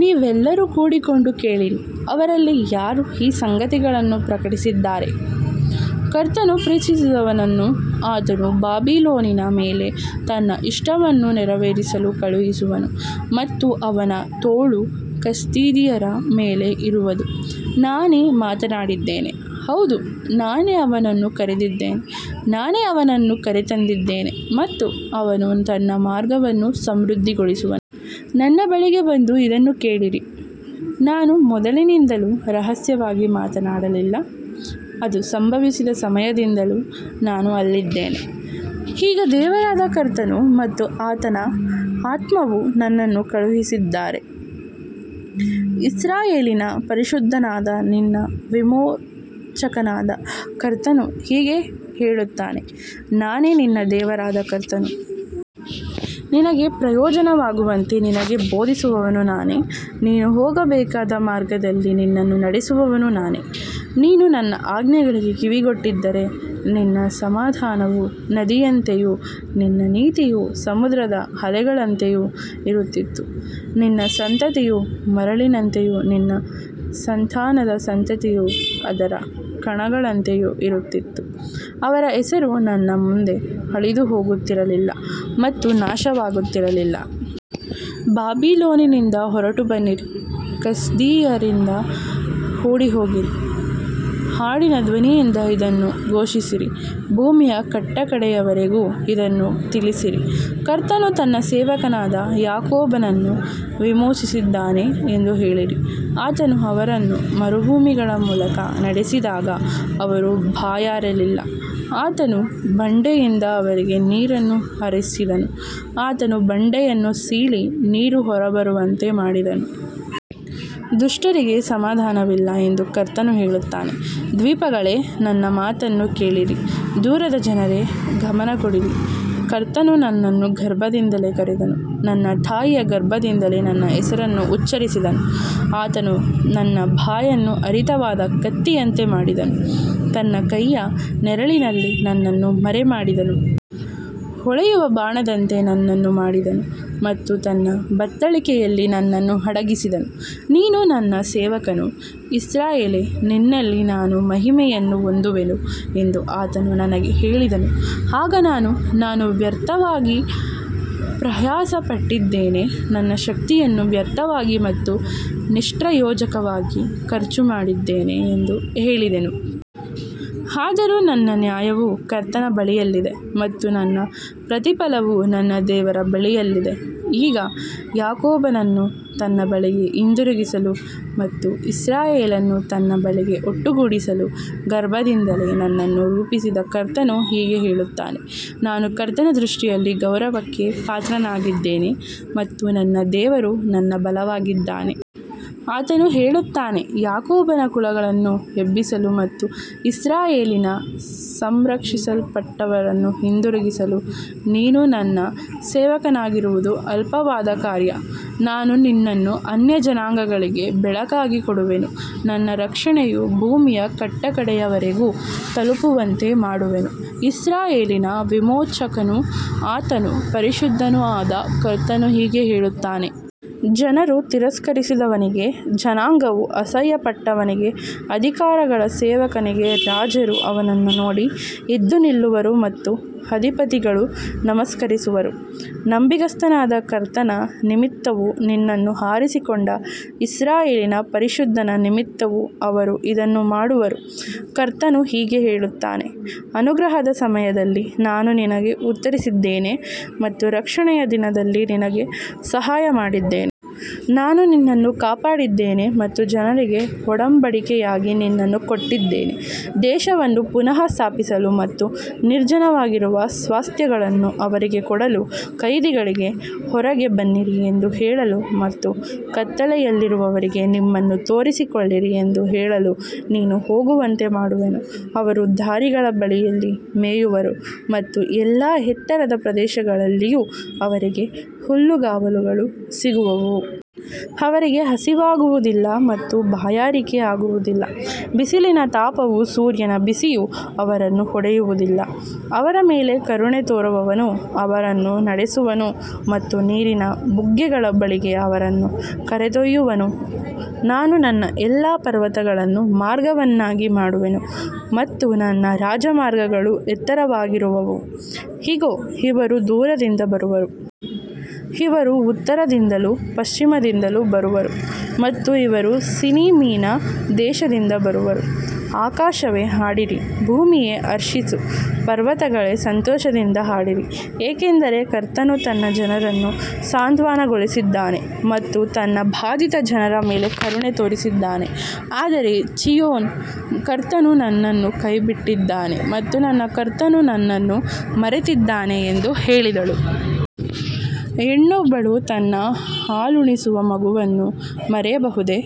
ನೀವೆಲ್ಲರೂ ಕೂಡಿಕೊಂಡು ಕೇಳಿರಿ. ಅವರಲ್ಲಿ ಯಾರು ಈ ಸಂಗತಿಗಳನ್ನು ಪ್ರಕಟಿಸಿದ್ದಾರೆ? ಕರ್ತನು ಪ್ರೀತಿಸಿದವನನ್ನು ಆತನು ಬಾಬಿಲೋನಿನ ಮೇಲೆ ತನ್ನ ಇಷ್ಟವನ್ನು ನೆರವೇರಿಸಲು ಕಳುಹಿಸುವನು ಮತ್ತು ಅವನ ತೋಳು ಕಸ್ದೀಯರ ಮೇಲೆ ಇರುವದು. ನಾನೇ ಮಾತನಾಡಿದ್ದೇನೆ. ಹೌದು, ನಾನೇ ಅವನನ್ನು ಕರೆದಿದ್ದೇನೆ. ನಾನೇ ಅವನನ್ನು ಕರೆತಂದಿದ್ದೇನೆ ಮತ್ತು ಅವನು ತನ್ನ ಮಾರ್ಗವನ್ನು ಸಮೃದ್ಧಿಗೊಳಿಸುವನು. ನನ್ನ ಬಳಿಗೆ ಬಂದು ಇದನ್ನು ಕೇಳಿರಿ. ನಾನು ಮೊದಲಿನಿಂದಲೂ ರಹಸ್ಯವಾಗಿ ಮಾತನಾಡಲಿಲ್ಲ. ಅದು ಸಂಭವಿಸಿದ ಸಮಯದಿಂದಲೂ ನಾನು ಅಲ್ಲಿದ್ದೇನೆ. ಈಗ ದೇವರಾದ ಕರ್ತನು ಮತ್ತು ಆತನ ಆತ್ಮವು ನನ್ನನ್ನು ಕಳುಹಿಸಿದ್ದಾರೆ. ಇಸ್ರಾಯೇಲಿನ ಪರಿಶುದ್ಧನಾದ ನಿನ್ನ ವಿಮೋಚಕನಾದ ಕರ್ತನು ಹೀಗೆ ಹೇಳುತ್ತಾನೆ. ನಾನೇ ನಿನ್ನ ದೇವರಾದ ಕರ್ತನು. ನಿನಗೆ ಪ್ರಯೋಜನವಾಗುವಂತೆ ನಿನಗೆ ಬೋಧಿಸುವವನು ನಾನೇ. ನೀನು ಹೋಗಬೇಕಾದ ಮಾರ್ಗದಲ್ಲಿ ನಿನ್ನನ್ನು ನಡೆಸುವವನು ನಾನೇ. ನೀನು ನನ್ನ ಆಜ್ಞೆಗಳಿಗೆ ಕಿವಿಗೊಟ್ಟಿದ್ದರೆ ನಿನ್ನ ಸಮಾಧಾನವು ನದಿಯಂತೆಯೂ ನಿನ್ನ ನೀತಿಯು ಸಮುದ್ರದ ಅಲೆಗಳಂತೆಯೂ ಇರುತ್ತಿತ್ತು. ನಿನ್ನ ಸಂತತಿಯು ಮರಳಿನಂತೆಯೂ ನಿನ್ನ ಸಂತಾನದ ಸಂತತಿಯು ಅದರ ಕಣಗಳಂತೆಯೂ ಇರುತ್ತಿತ್ತು. ಅವರ ಹೆಸರು ನನ್ನ ಮುಂದೆ ಅಳಿದುಹೋಗುತ್ತಿರಲಿಲ್ಲ ಮತ್ತು ನಾಶವಾಗುತ್ತಿರಲಿಲ್ಲ. ಬಾಬಿಲೋನಿನಿಂದ ಹೊರಟುಬನ್ನಿರಿ. ಕಸ್ದೀಯರಿಂದ ಓಡಿಹೋಗಿರಿ. ಹಾಡಿನ ಧ್ವನಿಯಿಂದ ಇದನ್ನು ಘೋಷಿಸಿರಿ. ಭೂಮಿಯ ಕಟ್ಟಕಡೆಯವರೆಗೂ ಇದನ್ನು ತಿಳಿಸಿರಿ. ಕರ್ತನು ತನ್ನ ಸೇವಕನಾದ ಯಾಕೋಬನನ್ನು ವಿಮೋಚಿಸಿದ್ದಾನೆ ಎಂದು ಹೇಳಿರಿ. ಆತನು ಅವರನ್ನು ಮರುಭೂಮಿಗಳ ಮೂಲಕ ನಡೆಸಿದಾಗ ಅವರು ಬಾಯಾರಲಿಲ್ಲ. ಆತನು ಬಂಡೆಯಿಂದ ಅವರಿಗೆ ನೀರನ್ನು ಹರಿಸಿದನು. ಆತನು ಬಂಡೆಯನ್ನು ಸೀಳಿ ನೀರು ಹೊರಬರುವಂತೆ ಮಾಡಿದನು. ದುಷ್ಟರಿಗೆ ಸಮಾಧಾನವಿಲ್ಲ ಎಂದು ಕರ್ತನು ಹೇಳುತ್ತಾನೆ. ದ್ವೀಪಗಳೇ, ನನ್ನ ಮಾತನ್ನು ಕೇಳಿರಿ. ದೂರದ ಜನರೇ, ಗಮನಕೊಡಿರಿ. ಕರ್ತನು ನನ್ನನ್ನು ಗರ್ಭದಿಂದಲೇ ಕರೆದನು. ನನ್ನ ತಾಯಿಯ ಗರ್ಭದಿಂದಲೇ ನನ್ನ ಹೆಸರನ್ನು ಉಚ್ಚರಿಸಿದನು. ಆತನು ನನ್ನ ಬಾಯನ್ನು ಹರಿತವಾದ ಕತ್ತಿಯಂತೆ ಮಾಡಿದನು. ತನ್ನ ಕೈಯ ನೆರಳಿನಲ್ಲಿ ನನ್ನನ್ನು ಮರೆಮಾಡಿದನು. ಹೊಳೆಯುವ ಬಾಣದಂತೆ ನನ್ನನ್ನು ಮಾಡಿದನು ಮತ್ತು ತನ್ನ ಬತ್ತಳಿಕೆಯಲ್ಲಿ ನನ್ನನ್ನು ಅಡಗಿಸಿದನು. ನೀನು ನನ್ನ ಸೇವಕನು, ಇಸ್ರಾಯೇಲೇ, ನಿನ್ನಲ್ಲಿ ನಾನು ಮಹಿಮೆಯನ್ನು ಹೊಂದುವೆನು ಎಂದು ಆತನು ನನಗೆ ಹೇಳಿದನು. ಆಗ ನಾನು, ನಾನು ವ್ಯರ್ಥವಾಗಿ ಪ್ರಯಾಸಪಟ್ಟಿದ್ದೇನೆ, ನನ್ನ ಶಕ್ತಿಯನ್ನು ವ್ಯರ್ಥವಾಗಿ ಮತ್ತು ನಿಷ್ಪ್ರಯೋಜಕವಾಗಿ ಖರ್ಚುಮಾಡಿದ್ದೇನೆ ಎಂದು ಹೇಳಿದೆನು. ಆದರೂ ನನ್ನ ನ್ಯಾಯವು ಕರ್ತನ ಬಳಿಯಲ್ಲಿದೆ ಮತ್ತು ನನ್ನ ಪ್ರತಿಫಲವು ನನ್ನ ದೇವರ ಬಳಿಯಲ್ಲಿದೆ. ಈಗ ಯಾಕೋಬನನ್ನು ತನ್ನ ಬಳಿಗೆ ಹಿಂದಿರುಗಿಸಲು ಮತ್ತು ಇಸ್ರಾಯೇಲನ್ನು ತನ್ನ ಬಳಿಗೆ ಒಟ್ಟುಗೂಡಿಸಲು ಗರ್ಭದಿಂದಲೇ ನನ್ನನ್ನು ರೂಪಿಸಿದ ಕರ್ತನು ಹೀಗೆ ಹೇಳುತ್ತಾನೆ. ನಾನು ಕರ್ತನ ದೃಷ್ಟಿಯಲ್ಲಿ ಗೌರವಕ್ಕೆ ಪಾತ್ರನಾಗಿದ್ದೇನೆ ಮತ್ತು ನನ್ನ ದೇವರು ನನ್ನ ಬಲವಾಗಿದ್ದಾನೆ. ಆತನು ಹೇಳುತ್ತಾನೆ, ಯಾಕೋಬನ ಕುಲಗಳನ್ನು ಎಬ್ಬಿಸಲು ಮತ್ತು ಇಸ್ರಾಯೇಲಿನ ಸಂರಕ್ಷಿಸಲ್ಪಟ್ಟವರನ್ನು ಹಿಂದಿರುಗಿಸಲು ನೀನು ನನ್ನ ಸೇವಕನಾಗಿರುವುದು ಅಲ್ಪವಾದ ಕಾರ್ಯ. ನಾನು ನಿನ್ನನ್ನು ಅನ್ಯಜನಾಂಗಗಳಿಗೆ ಬೆಳಕಾಗಿ ಕೊಡುವೆನು, ನನ್ನ ರಕ್ಷಣೆಯು ಭೂಮಿಯ ಕಟ್ಟಕಡೆಯವರೆಗೂ ತಲುಪುವಂತೆ ಮಾಡುವೆನು. ಇಸ್ರಾಯೇಲಿನ ವಿಮೋಚಕನೂ ಆತನ ಪರಿಶುದ್ಧನೂ ಆದ ಕರ್ತನು ಹೀಗೆ ಹೇಳುತ್ತಾನೆ. ಜನರು ತಿರಸ್ಕರಿಸಿದವನಿಗೆ, ಜನಾಂಗವು ಅಸಹ್ಯಪಟ್ಟವನಿಗೆ, ಅಧಿಕಾರಿಗಳ ಸೇವಕನಿಗೆ, ರಾಜರು ಅವನನ್ನು ನೋಡಿ ಎದ್ದು ನಿಲ್ಲುವರು ಮತ್ತು ಅಧಿಪತಿಗಳು ನಮಸ್ಕರಿಸುವರು. ನಂಬಿಗಸ್ತನಾದ ಕರ್ತನ ನಿಮಿತ್ತವೂ ನಿನ್ನನ್ನು ಆರಿಸಿಕೊಂಡ ಇಸ್ರಾಯೇಲಿನ ಪರಿಶುದ್ಧನ ನಿಮಿತ್ತವೂ ಅವರು ಇದನ್ನು ಮಾಡುವರು. ಕರ್ತನು ಹೀಗೆ ಹೇಳುತ್ತಾನೆ. ಅನುಗ್ರಹದ ಸಮಯದಲ್ಲಿ ನಾನು ನಿನಗೆ ಉತ್ತರಿಸಿದ್ದೇನೆ ಮತ್ತು ರಕ್ಷಣೆಯ ದಿನದಲ್ಲಿ ನಿನಗೆ ಸಹಾಯಮಾಡಿದ್ದೇನೆ. ನಾನು ನಿನ್ನನ್ನು ಕಾಪಾಡಿದ್ದೇನೆ ಮತ್ತು ಜನರಿಗೆ ಒಡಂಬಡಿಕೆಯಾಗಿ ನಿನ್ನನ್ನು ಕೊಟ್ಟಿದ್ದೇನೆ. ದೇಶವನ್ನು ಪುನಃ ಸ್ಥಾಪಿಸಲು ಮತ್ತು ನಿರ್ಜನವಾಗಿರುವ ಸ್ವಾಸ್ತ್ಯಗಳನ್ನು ಅವರಿಗೆ ಕೊಡಲು, ಕೈದಿಗಳಿಗೆ, ಹೊರಗೆ ಬನ್ನಿರಿ ಎಂದು ಹೇಳಲು ಮತ್ತು ಕತ್ತಲೆಯಲ್ಲಿರುವವರಿಗೆ, ನಿಮ್ಮನ್ನು ತೋರಿಸಿಕೊಳ್ಳಿರಿ ಎಂದು ಹೇಳಲು ನೀನು ಹೋಗುವಂತೆ ಮಾಡುವೆನು. ಅವರು ದಾರಿಗಳ ಬಳಿಯಲ್ಲಿ ಮೇಯುವರು ಮತ್ತು ಎಲ್ಲಾ ಎತ್ತರದ ಪ್ರದೇಶಗಳಲ್ಲಿಯೂ ಅವರಿಗೆ ಹುಲ್ಲುಗಾವಲುಗಳು ಸಿಗುವವು. ಅವರಿಗೆ ಹಸಿವಾಗುವುದಿಲ್ಲ ಮತ್ತು ಬಾಯಾರಿಕೆಯಾಗುವುದಿಲ್ಲ. ಬಿಸಿಲಿನ ತಾಪವೂ ಸೂರ್ಯನ ಬಿಸಿಯೂ ಅವರನ್ನು ಹೊಡೆಯುವುದಿಲ್ಲ. ಅವರ ಮೇಲೆ ಕರುಣೆ ತೋರುವವನು ಅವರನ್ನು ನಡೆಸುವನು ಮತ್ತು ನೀರಿನ ಬುಗ್ಗೆಗಳ ಬಳಿಗೆ ಅವರನ್ನು ಕರೆದೊಯ್ಯುವನು. ನಾನು ನನ್ನ ಎಲ್ಲಾ ಪರ್ವತಗಳನ್ನು ಮಾರ್ಗವನ್ನಾಗಿ ಮಾಡುವೆನು ಮತ್ತು ನನ್ನ ರಾಜಮಾರ್ಗಗಳು ಎತ್ತರವಾಗಿರುವವು. ಇಗೋ, ಇವರು ದೂರದಿಂದ ಬರುವರು. ಇವರು ಉತ್ತರದಿಂದಲೂ ಪಶ್ಚಿಮದಿಂದಲೂ ಬರುವರು ಮತ್ತು ಇವರು ಸಿನೀಮಿನ ದೇಶದಿಂದ ಬರುವರು. ಆಕಾಶವೇ, ಹಾಡಿರಿ. ಭೂಮಿಯೇ, ಹರ್ಷಿಸು. ಪರ್ವತಗಳೇ, ಸಂತೋಷದಿಂದ ಹಾಡಿರಿ. ಏಕೆಂದರೆ ಕರ್ತನು ತನ್ನ ಜನರನ್ನು ಸಾಂತ್ವನಗೊಳಿಸಿದ್ದಾನೆ ಮತ್ತು ತನ್ನ ಬಾಧಿತ ಜನರ ಮೇಲೆ ಕರುಣೆ ತೋರಿಸಿದ್ದಾನೆ. ಆದರೆ ಚೀಯೋನ್, ಕರ್ತನು ನನ್ನನ್ನು ಕೈಬಿಟ್ಟಿದ್ದಾನೆ ಮತ್ತು ನನ್ನ ಕರ್ತನು ನನ್ನನ್ನು ಮರೆತಿದ್ದಾನೆ ಎಂದು ಹೇಳಿದಳು. ಹೆಣ್ಣೊಬ್ಬಳು ತನ್ನ ಹಾಲುಣಿಸುವ ಮಗುವನ್ನು ಮರೆಯಬಹುದೇ?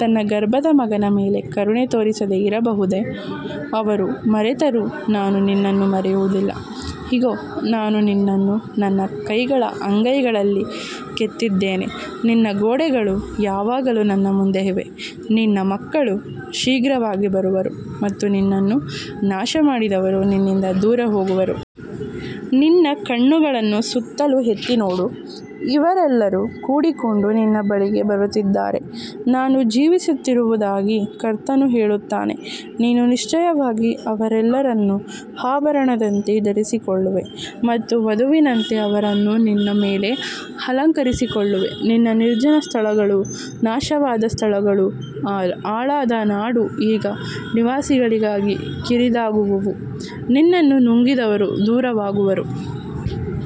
ತನ್ನ ಗರ್ಭದ ಮಗನ ಮೇಲೆ ಕರುಣೆ ತೋರಿಸದೆ ಇರಬಹುದೇ? ಅವರು ಮರೆತರೂ ನಾನು ನಿನ್ನನ್ನು ಮರೆಯುವುದಿಲ್ಲ. ಇಗೋ, ನಾನು ನಿನ್ನನ್ನು ನನ್ನ ಕೈಗಳ ಅಂಗೈಗಳಲ್ಲಿ ಕೆತ್ತಿದ್ದೇನೆ. ನಿನ್ನ ಗೋಡೆಗಳು ಯಾವಾಗಲೂ ನನ್ನ ಮುಂದೆ ಇವೆ. ನಿನ್ನ ಮಕ್ಕಳು ಶೀಘ್ರವಾಗಿ ಬರುವರು ಮತ್ತು ನಿನ್ನನ್ನು ನಾಶಮಾಡಿದವರು ನಿನ್ನಿಂದ ದೂರ ಹೋಗುವರು. ನಿನ್ನ ಕಣ್ಣುಗಳನ್ನು ಸುತ್ತಲೂ ಎತ್ತಿ ನೋಡು. ಇವರೆಲ್ಲರೂ ಕೂಡಿಕೊಂಡು ನಿನ್ನ ಬಳಿಗೆ ಬರುತ್ತಿದ್ದಾರೆ. ನಾನು ಜೀವಿಸುತ್ತಿರುವುದಾಗಿ ಕರ್ತನು ಹೇಳುತ್ತಾನೆ, ನೀನು ನಿಶ್ಚಯವಾಗಿ ಅವರೆಲ್ಲರನ್ನೂ ಆಭರಣದಂತೆ ಧರಿಸಿಕೊಳ್ಳುವೆ ಮತ್ತು ವಧುವಿನಂತೆ ಅವರನ್ನು ನಿನ್ನ ಮೇಲೆ ಅಲಂಕರಿಸಿಕೊಳ್ಳುವೆ. ನಿನ್ನ ನಿರ್ಜನ ಸ್ಥಳಗಳೂ ನಾಶವಾದ ಸ್ಥಳಗಳೂ ಹಾಳಾದ ನಾಡೂ ಈಗ ನಿವಾಸಿಗಳಿಗಾಗಿ ಕಿರಿದಾಗುವವು. ನಿನ್ನನ್ನು ನುಂಗಿದವರು ದೂರವಾಗುವರು.